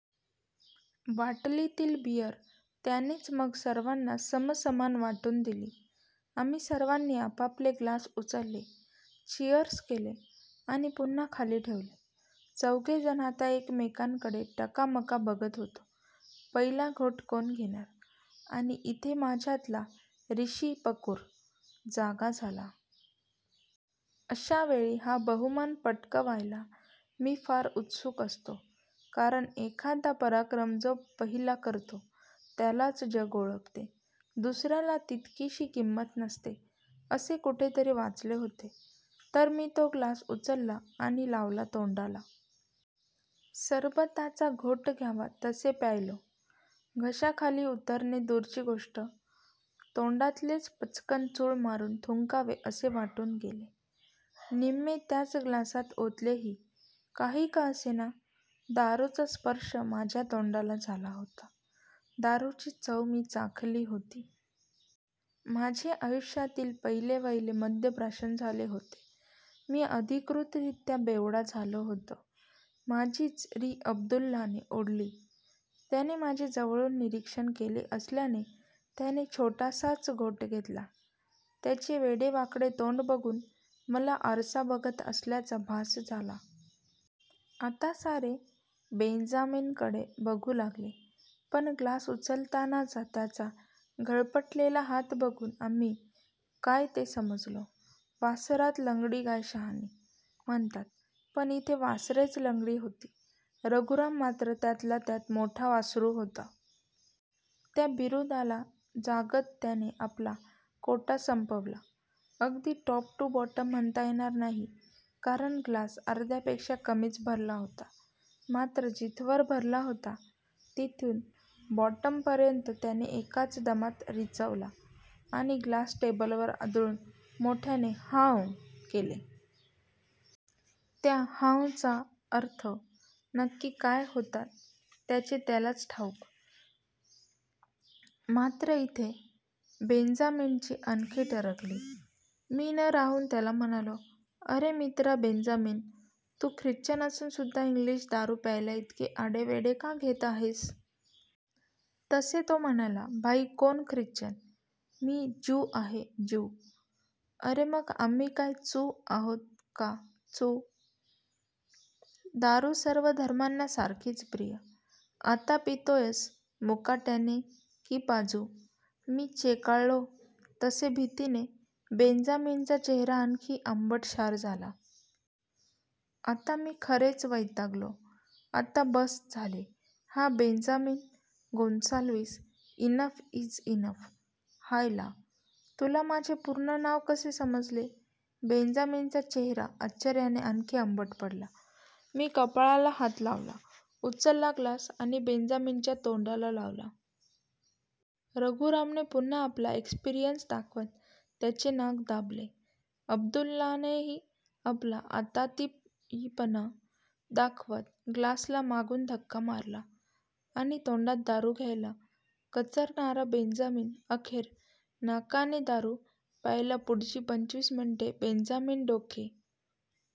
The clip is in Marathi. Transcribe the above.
बाटलीतील बीअर त्यानेच मग सर्वांना समसमान वाटून दिली. आम्ही सर्वांनी आपापले ग्लास उचलले. चीअर्स केले. आणि पुन्हा खाली ठेवले. चौघे जण आता एकमेकांमडे टकामका बघत होतो. पहिला घोट कोण घेणार? आणि ईथे माझ्यातला 'रिशी पकूर' जागा झाला. अश्यावेळी हा बहुमान पटकवायला मी फार उत्सुक असतो. कारण एखादा पराक्रम जो पहिला करतो त्यालाच जग ओळखते, दुसर्याला तितकीशी किंमत नसते. असे कुठेतरी वाचले होते. तर मी तो ग्लास उचलला आणि लावला तोंडाला. सरबताचा घोट घ्यावा तसे प्यायलो. घशाखाली उतरणे दूरची गोष्ट, तोंडातलेच पचकन चूळ मारून थुंकावे असे वाटून गेले. निम्मे त्याच ग्लासात ओतलेही. काही का असेना! दारूचा स्पर्श माझ्या तोंडाला झाला होता. दारूची चव मी चाखली होती. माझे आयुष्यातील पहिलेवहिले मद्यप्राशन झाले होते. मी अधिकृतरीत्या 'बेवडा' झालो होतो! माझीच री अब्दुल्लाने ओढली. त्याने माझे जवळून निरीक्षण केले असल्याने त्याने छोटासाच घोट घेतला. त्याचे वेडेवाकडे तोंड बघून मला आरसा बघत असल्याचा भास झाला. आता सारे बेंजामीनकडे बघू लागले. पण ग्लास उचलतानाचा त्याचा गळपटलेला हात बघून आम्ही काय ते समजलो. वासरात लंगडी गाय शहाणी म्हणतात, पण ईथे वासरेच लंगडी होती. रघुराम मात्र त्यातल्या त्यात मोठा वासरू होता. त्या बिरुदाला जागत त्याने आपला कोटा संपवला. अगदी टॉप टू बॉटम म्हणता येणार नाही, कारण ग्लास अर्ध्यापेक्षा कमीच भरला होता. मात्र जिथवर भरला होता तिथून बॉटमपर्यंत त्याने एकाच दमात रिचवला. आणि ग्लास टेबलवर आदळून मोठ्याने "हांह" केले. त्या 'हांह' चा अर्थ नक्की काय होता त्याचे त्यालाच ठाऊक, मात्र ईथे बेंजामीनची आणखी टरकली. मी न राहवून त्याला म्हणालो, "अरे मित्रा बेंजामीन, तू ख्रिश्चन असून सुद्धा इंग्लिश दारू प्यायला ईतके आढेवेढे का घेत आहेस? "तसे तो म्हणाला, "भाई कोण ख्रिश्चन? मी ज्यू आहे ज्यू.. ""अरे मग आम्ही काय चु आहोत का चु? दारू सर्व धर्मांना सारखीच प्रिय! आता पितोयस मुकाट्याने की पाजू? " मी चेकाळलो. तसे भितीने बेंजामीनचा चेहरा आणखी आंबटशार झाला. आता मी खरेच वैतागलो, "आता बस्स झाले हा Benjamin Gonsalves.. enough is enough! ""हायला!, तुला माझे पुर्ण नाव कसे समजले? " बेंजामीनचा चेहरा आश्चर्याने आणखी आंबट पडला. मी कपाळाला हात लावला. उचलला ग्लास आणि बेंजामीनच्या तोंडाला लावला. रघुरामने पुन्हा आपला एक्सपिरंन्स दाखवत त्याचे नाक दाबले. अब्दुल्लानेही आपला आतातायीपणा दाखवत ग्लासला मागून धक्का मारला. आणि तोंडात दारू घ्यायला कचरणारा बेंजामीन, अखेर नाकाने दारू प्यायलापुढची पंचवीस मिनिटे बेंजामीन डोके